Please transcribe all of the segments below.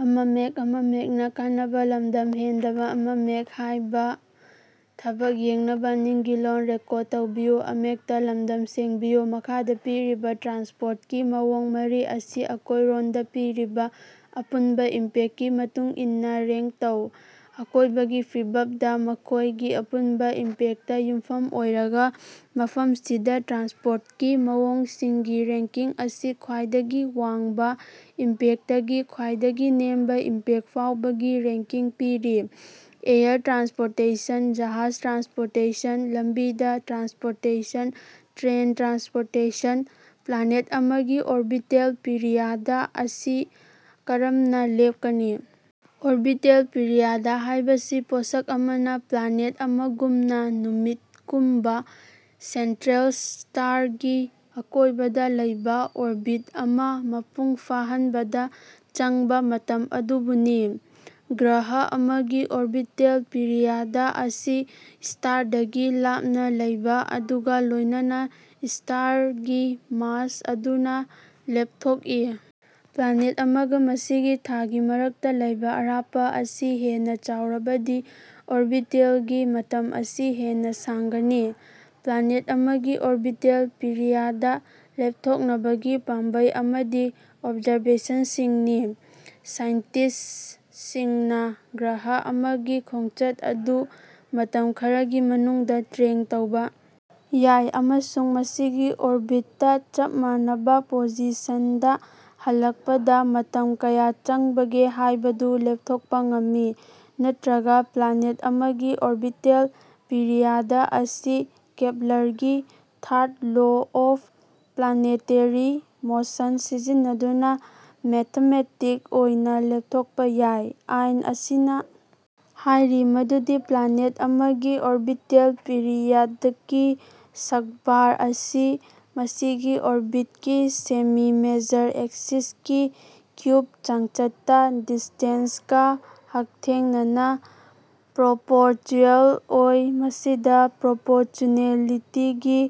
ꯃꯈꯥꯗꯥ ꯄꯤꯔꯤꯕꯥ ꯇ꯭ꯔꯥꯟꯁꯄꯣꯔꯠꯀꯤ ꯃꯑꯣꯡ ꯃꯔꯤ ꯑꯁꯤ ꯑꯀꯣꯏꯔꯣꯟꯗꯥ ꯄꯤꯔꯤꯕꯥ ꯑꯄꯨꯟꯕꯥ ꯏꯝꯄꯦꯛꯀꯤ ꯃꯇꯨꯡꯏꯟꯅꯥ ꯔꯦꯡꯛ ꯇꯧ꯫ ꯑꯀꯣꯏꯕꯒꯤ ꯐꯤꯕꯞꯗꯥ ꯃꯈꯣꯏꯒꯤ ꯑꯄꯨꯟꯕꯥ ꯏꯝꯄꯦꯛꯇꯥ ꯌꯨꯝꯐꯝ ꯑꯣꯏꯔꯒꯥ ꯃꯐꯝꯁꯤꯗꯥ ꯇ꯭ꯔꯥꯟꯁꯄꯣꯔꯠꯀꯤ ꯃꯑꯣꯡꯁꯤꯡꯒꯤ ꯔꯦꯡꯀꯤꯡ ꯑꯁꯤ ꯈ꯭ꯋꯥꯏꯗꯒꯤ ꯋꯥꯡꯕꯥ ꯏꯝꯄꯦꯛꯇꯒꯤ ꯈ꯭ꯋꯥꯏꯗꯒꯤ ꯅꯦꯝꯕꯥ ꯏꯝꯄꯦꯛ ꯐꯥꯎꯕꯒꯤ ꯔꯦꯡꯀꯤꯡ ꯄꯤꯔꯤ ꯑꯦꯌꯔ ꯇ꯭ꯔꯥꯟꯁꯄꯣꯔꯇꯦꯁꯟ ꯖꯍꯥꯖ ꯇ꯭ꯔꯥꯟꯁꯄꯣꯔꯇꯦꯁꯟ ꯂꯝꯕꯤꯗꯥ ꯇ꯭ꯔꯥꯟꯁꯄꯣꯔꯇꯦꯁꯟ ꯇ꯭ꯔꯦꯟ ꯇ꯭ꯔꯥꯟꯁꯄꯣꯔꯇꯦꯁꯟ꯫ ꯄ꯭ꯂꯥꯅꯦꯠ ꯑꯃꯒꯤ ꯑꯣꯔꯕꯤꯇꯦꯜ ꯄꯤꯔꯤꯌꯗ ꯑꯁꯤ ꯀꯔꯝꯅꯥ ꯂꯦꯞꯀꯅꯤ? ꯑꯣꯔꯕꯤꯇꯦꯜ ꯄꯤꯔꯤꯌꯗ ꯍꯥꯏꯕꯁꯤ ꯄꯣꯠꯁꯛ ꯑꯃꯅꯥ ꯄ꯭ꯂꯥꯅꯦꯠ ꯑꯃꯒꯨꯝꯅꯥ ꯅꯨꯃꯤꯠꯒꯨꯝꯕꯥ ꯁꯦꯟꯇ꯭ꯔꯦꯜ ꯁ꯭ꯇꯥꯔꯒꯤ ꯑꯀꯣꯏꯕꯗꯥ ꯂꯩꯕꯥ ꯑꯣꯔꯕꯤꯠ ꯑꯃꯥ ꯃꯄꯨꯡ ꯐꯥꯍꯟꯕꯗꯥ ꯆꯪꯕꯥ ꯃꯇꯝ ꯑꯗꯨꯕꯨꯅꯤ꯫ ꯒ꯭ꯔꯍ ꯑꯃꯒꯤ ꯑꯣꯔꯕꯤꯇꯦꯜ ꯄꯤꯔꯤꯌꯗ ꯑꯁꯤ ꯁ꯭ꯇꯥꯔꯗꯒꯤ ꯂꯥꯞꯅꯥ ꯂꯩꯕꯥ ꯑꯗꯨꯒꯥ ꯂꯣꯏꯅꯅꯥ ꯁ꯭ꯇꯥꯔꯒꯤ ꯃꯥꯁ ꯑꯗꯨꯅꯥ ꯂꯦꯞꯊꯣꯛꯏ꯫ ꯄ꯭ꯂꯥꯅꯦꯠ ꯑꯃꯒꯥ ꯃꯁꯤꯒꯤ ꯊꯥꯒꯤ ꯃꯔꯛꯇꯥ ꯂꯩꯕꯥ ꯑꯔꯥꯞꯄꯥ ꯑꯁꯤ ꯍꯦꯟꯅꯥ ꯆꯥꯎꯔꯕꯗꯤ ꯑꯣꯔꯕꯤꯇꯦꯜꯒꯤ ꯃꯇꯝ ꯑꯁꯤ ꯍꯦꯟꯅꯥ ꯁꯥꯡꯒꯅꯤ꯫ ꯄ꯭ꯂꯥꯅꯦꯠ ꯑꯃꯒꯤ ꯑꯣꯔꯕꯤꯇꯦꯜ ꯄꯤꯔꯤꯌꯗ ꯂꯦꯞꯊꯣꯛꯅꯕꯒꯤ ꯄꯥꯝꯕꯩ ꯑꯃꯗꯤ ꯑꯣꯕꯖꯥꯔꯕꯦꯁꯟꯁꯤꯡꯅꯤ꯫ ꯁꯥꯏꯟꯇꯤꯁ꯭ꯠꯁꯤꯡꯅꯥ ꯒ꯭ꯔꯍ ꯑꯃꯒꯤ ꯈꯣꯡꯆꯠ ꯑꯗꯨ ꯃꯇꯝ ꯈꯔꯒꯤ ꯃꯅꯨꯡꯗꯥ ꯇ꯭ꯔꯦꯛ ꯇꯧꯕꯥ ꯌꯥꯏ ꯑꯃꯁꯨꯡ ꯃꯁꯤꯒꯤ ꯑꯣꯔꯕꯤꯠꯇꯥ ꯆꯞ ꯃꯥꯟꯅꯕꯥ ꯄꯣꯖꯤꯁꯟꯗꯥ ꯍꯜꯂꯛꯄꯗꯥ ꯃꯇꯝ ꯀꯌꯥ ꯆꯪꯕꯒꯦ ꯍꯥꯏꯕꯗꯨ ꯂꯦꯞꯊꯣꯛꯄꯥ ꯉꯝꯃꯤ꯫ ꯅꯠꯇ꯭ꯔꯒꯥ ꯄ꯭ꯂꯥꯅꯦꯠ ꯑꯃꯒꯤ ꯑꯣꯔꯕꯤꯇꯦꯜ ꯄꯤꯔꯤꯌꯗ ꯑꯁꯤ ꯀꯦꯞꯂꯔꯒꯤ third law of planetary motion ꯁꯤꯖꯤꯟꯅꯗꯨꯅꯥ ꯃꯦꯊꯃꯦꯇꯤꯛ ꯑꯣꯏꯅꯥ ꯂꯦꯞꯊꯣꯛꯄꯥ ꯌꯥꯏ꯫ ꯑꯥꯏꯟ ꯑꯁꯤꯅꯥ ꯍꯥꯏꯔꯤ ꯃꯗꯨꯗꯤ ꯄ꯭ꯂꯥꯅꯦꯠ ꯑꯃꯒꯤ ꯑꯣꯔꯕꯤꯇꯦꯜ ꯄꯤꯔꯤꯌꯗꯀꯤ ꯁ꯭ꯛꯕꯥꯔ ꯑꯁꯤ ꯃꯁꯤꯒꯤ ꯑꯣꯔꯕꯤꯠꯀꯤ ꯁꯦꯃꯤ-ꯃꯦꯖꯔ ꯑꯦꯛꯁꯤꯁꯀꯤ ꯀ꯭ꯌꯨꯕ ꯆꯥꯡꯆꯠꯇꯥ ꯗꯤꯁ꯭ꯇꯦꯟꯁꯒꯥ ꯍꯛꯊꯦꯡꯅꯅꯥ ꯄ꯭ꯔꯣꯄꯣꯔꯆꯨꯑꯦꯜ ꯑꯣꯏ ꯃꯁꯤꯗꯥ ꯄ꯭ꯔꯣꯄꯣꯔꯆꯨꯅꯦꯂꯤꯇꯤꯒꯤ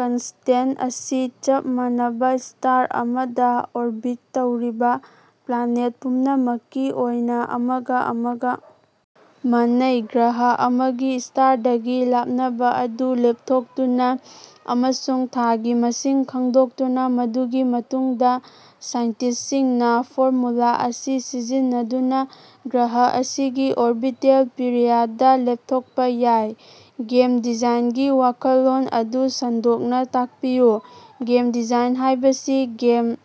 ꯀꯟꯁꯇꯦꯟꯠ ꯑꯁꯤ ꯆꯞ ꯃꯥꯟꯅꯕꯥ ꯁ꯭ꯇꯥꯔ ꯑꯃꯗꯥ ꯑꯣꯔꯕꯤꯠ ꯇꯧꯔꯤꯕꯥ ꯄ꯭ꯂꯥꯅꯦꯠ ꯄꯨꯝꯅꯃꯛꯀꯤ ꯑꯣꯏꯅꯥ ꯑꯃꯒꯥ ꯑꯃꯒꯥ ꯃꯥꯟꯅꯩ꯫ ꯒ꯭ꯔꯍ ꯑꯃꯒꯤ ꯁ꯭ꯇꯥꯔꯗꯒꯤ ꯂꯥꯞꯅꯕꯥ ꯑꯗꯨ ꯂꯦꯞꯊꯣꯛꯇꯨꯅꯥ ꯑꯃꯁꯨꯡ ꯊꯥꯒꯤ ꯃꯁꯤꯡ ꯈꯪꯗꯣꯛꯇꯨꯅꯥ ꯃꯗꯨꯒꯤ ꯃꯇꯨꯡꯗꯥ ꯁꯥꯏꯟꯇꯤꯁ꯭ꯠꯁꯤꯡꯅꯥ ꯐꯣꯔꯃꯨꯂꯥ ꯑꯁꯤ ꯁꯤꯖꯤꯟꯅꯗꯨꯅꯥ ꯒ꯭ꯔꯍ ꯑꯁꯤꯒꯤ ꯑꯣꯔꯕꯤꯇꯦꯜ ꯄꯤꯔꯤꯌꯗ ꯂꯦꯞꯊꯣꯛꯄꯥ ꯌꯥꯏ꯫ ꯒꯦꯝ ꯗꯤꯖꯥꯏꯟꯒꯤ ꯋꯥꯈꯜꯂꯣꯟ ꯑꯗꯨ ꯁꯟꯗꯣꯛꯅꯥ ꯇꯥꯛꯄꯤꯌꯨ꯫ ꯒꯦꯝ ꯗꯤꯖꯥꯏꯟ ꯍꯥꯏꯕꯁꯤ ꯒꯦꯝ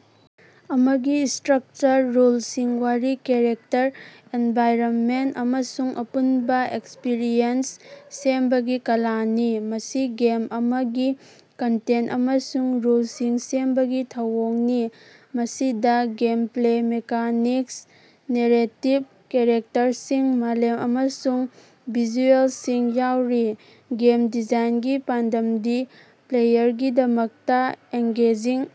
ꯑꯃꯒꯤ ꯁ꯭ꯇꯔꯛꯆꯔ ꯔꯨꯜꯁꯤꯡ ꯋꯥꯔꯤ ꯀꯦꯔꯦꯛꯇꯔ ꯑꯦꯟꯚꯥꯏꯔꯟꯃꯦꯟꯠ ꯑꯃꯁꯨꯡ ꯑꯄꯨꯟꯕꯥ ꯑꯦꯛꯁꯄꯤꯔꯤꯑꯦꯟꯁ ꯁꯦꯝꯕꯒꯤ ꯀꯂꯥꯅꯤ꯫ ꯃꯁꯤ ꯒꯦꯝ ꯑꯃꯒꯤ ꯀꯟꯇꯦꯟꯠ ꯑꯃꯁꯨꯡ ꯔꯨꯜꯁꯤꯡ ꯁꯦꯝꯕꯒꯤ ꯊꯧꯑꯣꯡꯅꯤ ꯃꯁꯤꯗꯥ ꯒꯦꯝꯄ꯭ꯂꯦ ꯃꯦꯀꯥꯅꯤꯛꯁ ꯅꯦꯔꯦꯇꯤꯕ ꯀꯦꯔꯦꯛꯇꯔꯁꯤꯡ ꯃꯥꯂꯦꯝ ꯑꯃꯁꯨꯡ ꯚꯤꯖꯨꯑꯦꯂꯁꯤꯡ ꯌꯥꯎꯔꯤ꯫ ꯒꯦꯝ ꯗꯤꯖꯥꯏꯟꯒꯤ ꯄꯥꯟꯗꯝꯗꯤ ꯄ꯭ꯂꯦꯌꯔꯒꯤꯗꯃꯛꯇꯥ ꯑꯦꯡꯒꯦꯖꯤꯡ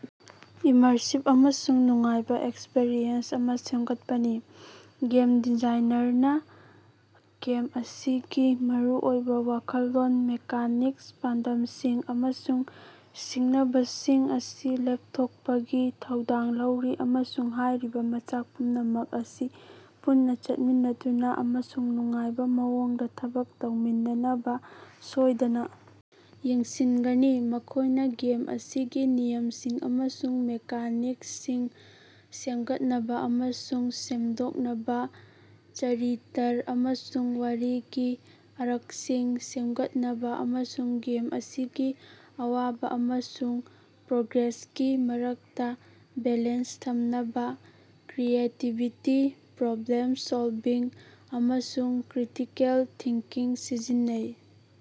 ꯏꯃꯔꯁꯤꯕ ꯑꯃꯁꯨꯡ ꯅꯨꯡꯉꯥꯏꯕꯥ ꯑꯦꯛꯁꯄꯔꯤꯌꯦꯟꯁ ꯑꯃꯥ ꯁꯦꯝꯒꯠꯄꯅꯤ꯫ ꯒꯦꯝ ꯗꯤꯖꯥꯏꯅꯔꯅꯥ ꯒꯦꯝ ꯑꯁꯤꯒꯤ ꯃꯔꯨꯑꯣꯏꯕꯥ ꯋꯥꯈꯜꯂꯣꯟ ꯃꯦꯀꯥꯅꯤꯛꯁ ꯄꯥꯟꯗꯝꯁꯤꯡ ꯑꯃꯁꯨꯡ ꯁꯤꯡꯅꯕꯁꯤꯡ ꯑꯁꯤ ꯂꯦꯞꯊꯣꯛꯄꯒꯤ ꯊꯧꯗꯥꯡ ꯂꯧꯔꯤ ꯑꯃꯁꯨꯡ ꯍꯥꯏꯔꯤꯕꯥ ꯃꯆꯥꯛ ꯄꯨꯝꯅꯃꯛ ꯑꯁꯤ ꯄꯨꯟꯅꯥ ꯆꯠꯃꯤꯟꯅꯗꯨꯅꯥ ꯑꯃꯁꯨꯡ ꯅꯨꯡꯉꯥꯏꯕꯥ ꯃꯑꯣꯡꯗꯥ ꯊꯕꯛ ꯇꯧꯃꯤꯟꯅꯅꯕꯥ ꯁꯣꯏꯗꯅꯥ ꯌꯦꯡꯁꯤꯟꯒꯅꯤ꯫ ꯃꯈꯣꯏꯅꯥ ꯒꯦꯝ ꯑꯁꯤꯒꯤ ꯅꯤꯌꯝꯁꯤꯡ ꯑꯃꯁꯨꯡ ꯃꯦꯀꯥꯅꯤꯛꯁꯁꯤꯡ ꯁꯦꯝꯒꯠꯅꯕꯥ ꯑꯃꯁꯨꯡ ꯁꯦꯝꯗꯣꯛꯅꯕꯥ ꯆꯔꯤꯇꯔ ꯑꯃꯁꯨꯡ ꯋꯥꯔꯤꯒꯤ ꯑꯥꯔꯛꯁꯤꯡ ꯁꯦꯝꯒꯠꯅꯕꯥ ꯑꯃꯁꯨꯡ ꯒꯦꯝ ꯑꯁꯤꯒꯤ ꯑꯋꯥꯕꯥ ꯑꯃꯁꯨꯡ ꯄ꯭ꯔꯣꯒ꯭ꯔꯦꯁꯀꯤ ꯃꯔꯛꯇꯥ ꯕꯦꯂꯦꯟꯁ ꯊꯝꯅꯕꯥ ꯀ꯭ꯔꯤꯌꯦꯇꯤꯕꯤꯇꯤ ꯄ꯭ꯔꯣꯕ꯭ꯂꯦꯝ ꯁꯣꯜꯕꯤꯡ ꯑꯃꯁꯨꯡ ꯀ꯭ꯔꯤꯇꯤꯀꯦꯜ ꯊꯤꯡꯀꯤꯡ ꯁꯤꯖꯤꯟꯅꯩ꯫